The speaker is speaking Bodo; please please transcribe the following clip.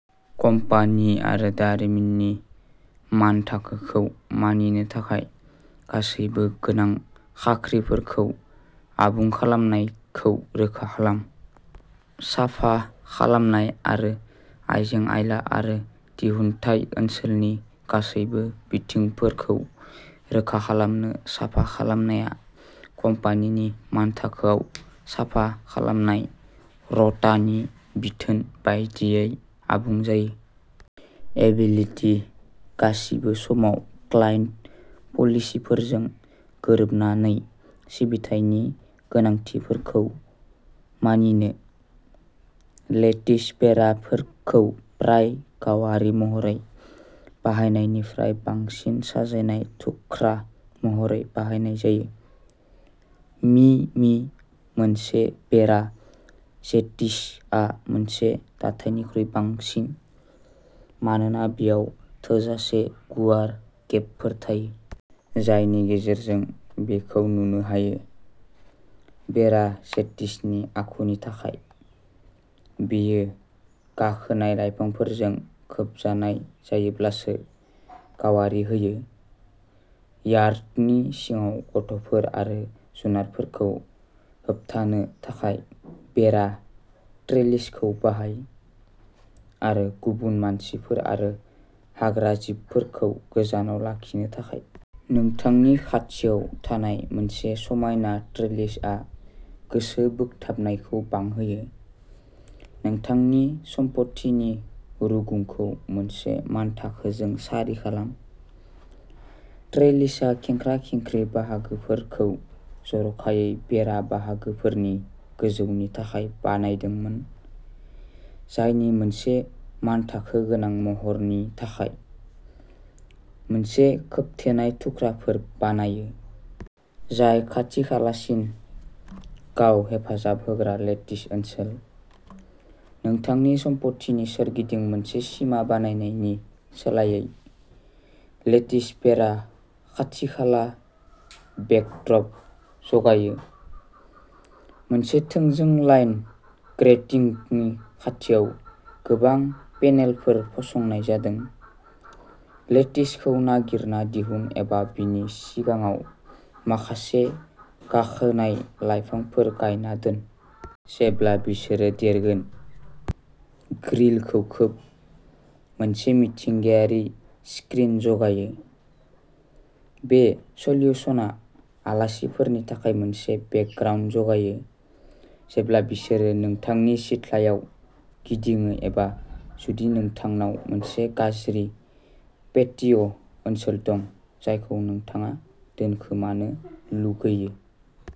कम्पानि आरो दारिमिननि मानथाखोखौ मानिनो थाखाय गासैबो गोनां खाख्रिफोरखौ आबुं खालामनायखौ रोखा खालाम। साफा खालामनाय आरो आइजें-आइला आरो दिहुनथाय ओनसोलनि गासैबो बिथिंफोरखौ रोखा खालामनो साफा खालामनाया कम्पानिनि मानथाखोआव साफा खालामनाय र'टानि बिथोन बायदियै आबुं जायो। एबिलिटि गासिबो समाव क्लाइन्ट पलिसिफोरजों गोरोबनानै सिबिथायनि गोनांथिफोरखौ मानिनो। लेटिस बेराफोरखौ प्राय गावारि महरै बाहायनायनिफ्राय बांसिन साजायनाय थुख्रा महरै बाहायनाय जायो। मि मि मोनसे बेरा जेटिसआ मोनसे दाथायनिख्रुइ बांसिन। मानोना बेयाव थोजासे गुवार गेपफोर थायो। जायनि गेजेरजों बेखौ नुनो हायो। बेरा जेटिसनि आखुनि थाखाय। बेयो गाखोनाय लाइफांफोरजों खोबजानाय जायोब्लासो गावारि होयो। यार्डनि सिङाव गथ'फोर आरो जुनारफोरखौ होबथानो थाखाय बेरा ट्रेलिसखौ बाहाय। आरो गुबुन मानसिफोर आरो हाग्राजिबफोरखौ गोजानाव लाखिनो थाखाय। नोंथांनि खाथियाव थानाय मोनसे समायना ट्रेलिसआ गोसो बोगथाबनायखौ बांहोयो। नोंथांनि सम्पथिनि रुगुंखौ मोनसे मानथाखोजों सारि खालाम। ट्रेलिसआ खेंख्रा-खेंख्रि बाहागोफोरखौ जर'खायै बेरा बाहागोफोरनि गोजौनि थाखाय बानायदोंमोन। जायनि मोनसे मानथाखो गोनां महरनि थाखाय। मोनसे खोबथेनाय थुख्राफोर बानायो। जाय खाथि-खाथिसिन गाव-हेफाजाब होग्रा लेटिस ओनसोल। नोंथांनि सम्पथिनि सोरगिदिं मोनसे सिमा बानायनायनि सोलायै लेटिस बेरा खाथि-खाला बेकड्रप जगायो। मोनसे थोंजों लाइन ग्रेटिंगनि खाथियाव गोबां पेनेलफोर फसंनाय जादों। लेटिसखौ नागिरना दिहुन एबा बिनि सिगाङाव माखासे गाखोनाय लायफांफोर गायना दोन। जेब्ला बिसोरो देरगोन, ग्रिलखौ खोब, मोनसे मिथिंगायारि स्क्रिन जगायो। बे सोल्युशना आलासिफोरनि थाखाय मोनसे बेकग्राउन्ड जगायो। जेब्ला बिसोरो नोंथांनि सिथ्लायाव गिदिङो एबा जुदि नोंथांनाव मोनसे गाज्रि पेटिय' ओनसोल दं। जायखौ नोंथाङा दोनखोमानो लुगैयो।